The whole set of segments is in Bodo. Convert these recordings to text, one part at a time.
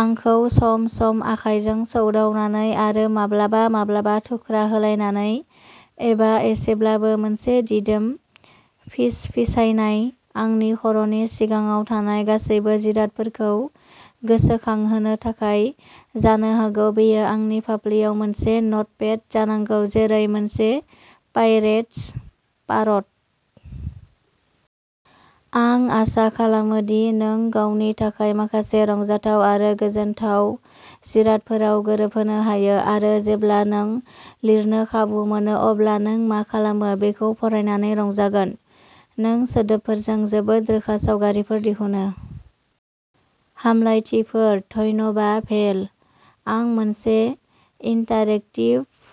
आंखौ सम-सम आखायजों सौदावनानै आरो माब्लाबा-माब्लाबा थुख्रा होलायनानै एबा एसेब्लाबो मोनसे दिदोम फिसफिसायनाय, आंनि खर'नि सिगाङाव थानाय गासैबो जिरादफोरखौ गोसोखांहोनो थाखाय जानो हागौ बेयो आंनि फाफ्लिआव मोनसे नटपेड जानांगौ जेरै मोनसे पाइरेट्स पारट? आं आसा खालामो दि नों गावनि थाखाय माखासे रंजाथाव आरो गोजोनथाव जिरादफोराव गोरोबहोनो हायो आरो जेब्ला नों लिरनो खाबु मोनो अब्ला नों मा खालामो बेखौ फरायनानै रंजागोन। नों सोदोबफोरजों जोबोद रोखा सावगारिफोर दिहुनो। हामलायथिफोर। धन्यबा, भेल। आं मोनसे इन्टारेक्टिभ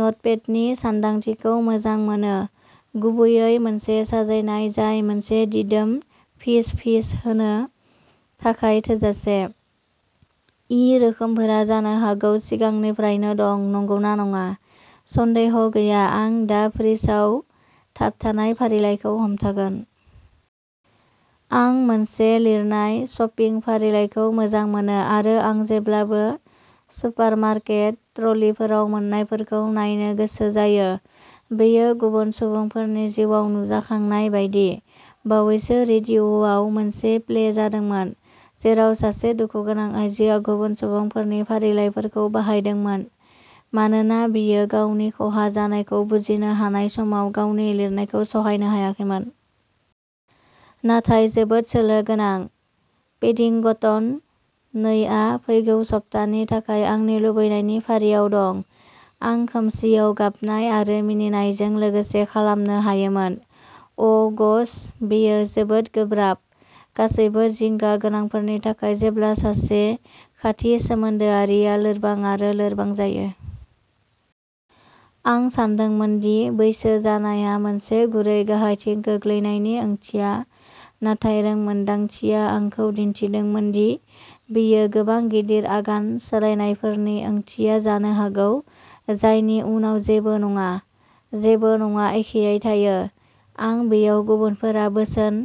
नटपेडनि सानदांथिखौ मोजां मोनो, गुबैयै मोनसे साजायनाय जाय मोनसे दिदोम फिसफिस होनो थाखाय थोजासे। इ रोखोमफोरा जानो हागौ सिगांनिफ्रायनो दं, नंगौना नङा? सन्देह गैया आं दा फ्रिजआव थाबथानाय फारिलाइखौ हमथागोन। आं मोनसे लिरनाय शपिं फारिलाइखौ मोजां मोनो आरो आं जेब्लाबो सुपारमार्केट ट्रलिफोराव मोन्नायफोरखौ नायनो गोसो जायो। बेयो गुबुन सुबुंफोरनि जिउआव नुजाखांनाय बायदि। बावैसो रेडिअ'आव मोनसे प्ले जादोंमोन, जेराव सासे दुखुगोनां आइजोआ गुबुन सुबुंफोरनि फारिलाइफोरखौ बाहायदोंमोन, मानोना बियो गावनि खहा जानायखौ बुजिनो हानाय समाव गावनि लिरनायखौ सहायनो हायाखैमोन। नाथाय जोबोद सोलो गोनां। पेडिंगटन नै आ फैगौ सप्तानि थाखाय आंनि लुबैनायनि फारियाव दं। आं खोमसिआव गाबनाय आरो मिनिनायजों लोगोसे खालामनो हायोमोन। अ', ग'श, बेयो जोबोद गोब्राब, गासैबो जिंगा गोनांफोरनि थाखाय, जेब्ला सासे खाथि सोमोन्दोआरिआ लोरबां आरो लोरबां जायो। आं सानदोंमोन दि बैसो जानाया मोनसे गुरै गाहायथिं गोग्लैनायनि ओंथिया, नाथाय रोंमोन्दांथिया आंखौ दिन्थिदोंमोन दि बेयो गोबां गिदिर आगान सोलायनायफोरनि ओंथिया जानो हागौ, जायनि उनाव जेबो नङा, जेबो नङा, एखेयै थायो। आं बेयाव गुबुनफोरा बोसोन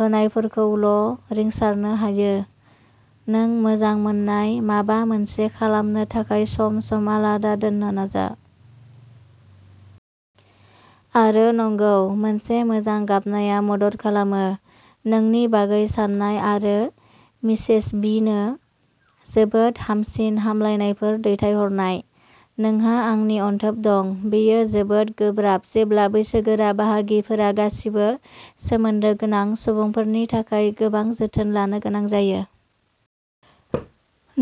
होनायफोरखौल'रिंसारनो हायो, नों मोजां मोननाय माबा मोनसे खालामनो थाखाय सम-सम आलादा दोननो नाजा। आरो, नंगौ, मोनसे मोजां गाबनाया मदद खालामो। नोंनि बागै सान्नाय आरो मिसेस बि. नो जोबोद हामसिन हामलायनायफोर दैथायहरनाय। नोंहा आंनि अनथोब दं। बेयो जोबोद गोब्राब जेब्ला बैसोगोरा बाहागिफोरा गासिबो सोमोन्दो गोनां सुबुंफोरनि थाखाय गोबां जोथोन लानो गोनां जायो।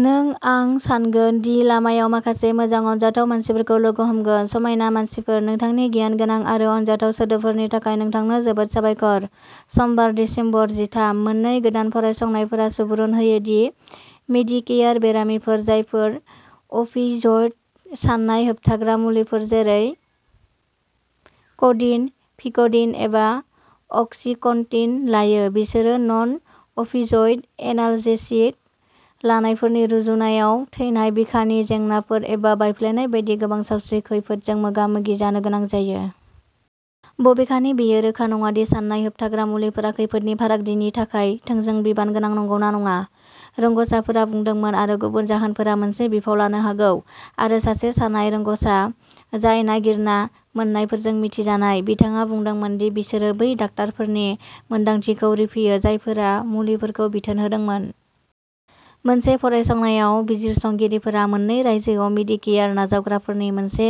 नों आं सान्गोन दि लामायाव माखासे मोजां अनजाथाव मानसिफोरखौ लोगो हमगोन। समायना मानसिफोर-नोंथांनि गियानगोनां आरो अनजाथाव सोदोबफोरनि थाखाय नोंथांनो जोबोद साबायखर। समबार, दिसेम्बर जिथाम, मोननै गोदान फरायसंनायफोरा सुबुरुन होयो दि मेडिकेयार बेरामिफोर जायफोरा अफियइड सानाय होबथाग्रा मुलिफोर जेरै क'डिन, भिक'डिन एबा अक्सिकन्टिन लायो, बिसोर नन-अफियइड एनाल्जेसिक लानायफोरनि रुजुनायाव थैनाय, बिखानि जेंनाफोर एबा बायफ्लेनाय बायदि गोबां सावस्रि खैफोदजों मोगा-मोगि जानो गोनां जायो। बबेखानि, बेयो रोखा नङा दि सानाय होबथाग्रा मुलिफोरा खैफोदनि फारागथिनि थाखाय थोंजों बिबान गोनां नंगौना नङा, रोंगसाफोरा बुंदोंमोन, आरो गुबुन जाहोनफोरा मोनसे बिफाव लानो हागौ। आरो सासे सानाय रोंगसा जाय नागिरना मोन्नायफोरजों मिथिजानाय, बिथाङा बुंदोंमोन दि बिसोरो बै डाक्टारफोरनि मोनदांथिखौ रिफियो जायफोरा मुलिफोरखौ बिथोन होदोंमोन। मोनसे फरायसंनायाव, बिजिरसंगिरिफोरा मोन्नै रायजोआव मेडिकेयार नाजावग्राफोरनि मोनसे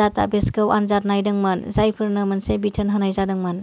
डाटाबेसखौ आनजाद नायदोंमोन, जायफोरनो मोनसे बिथोन होनाय जादोंमोन।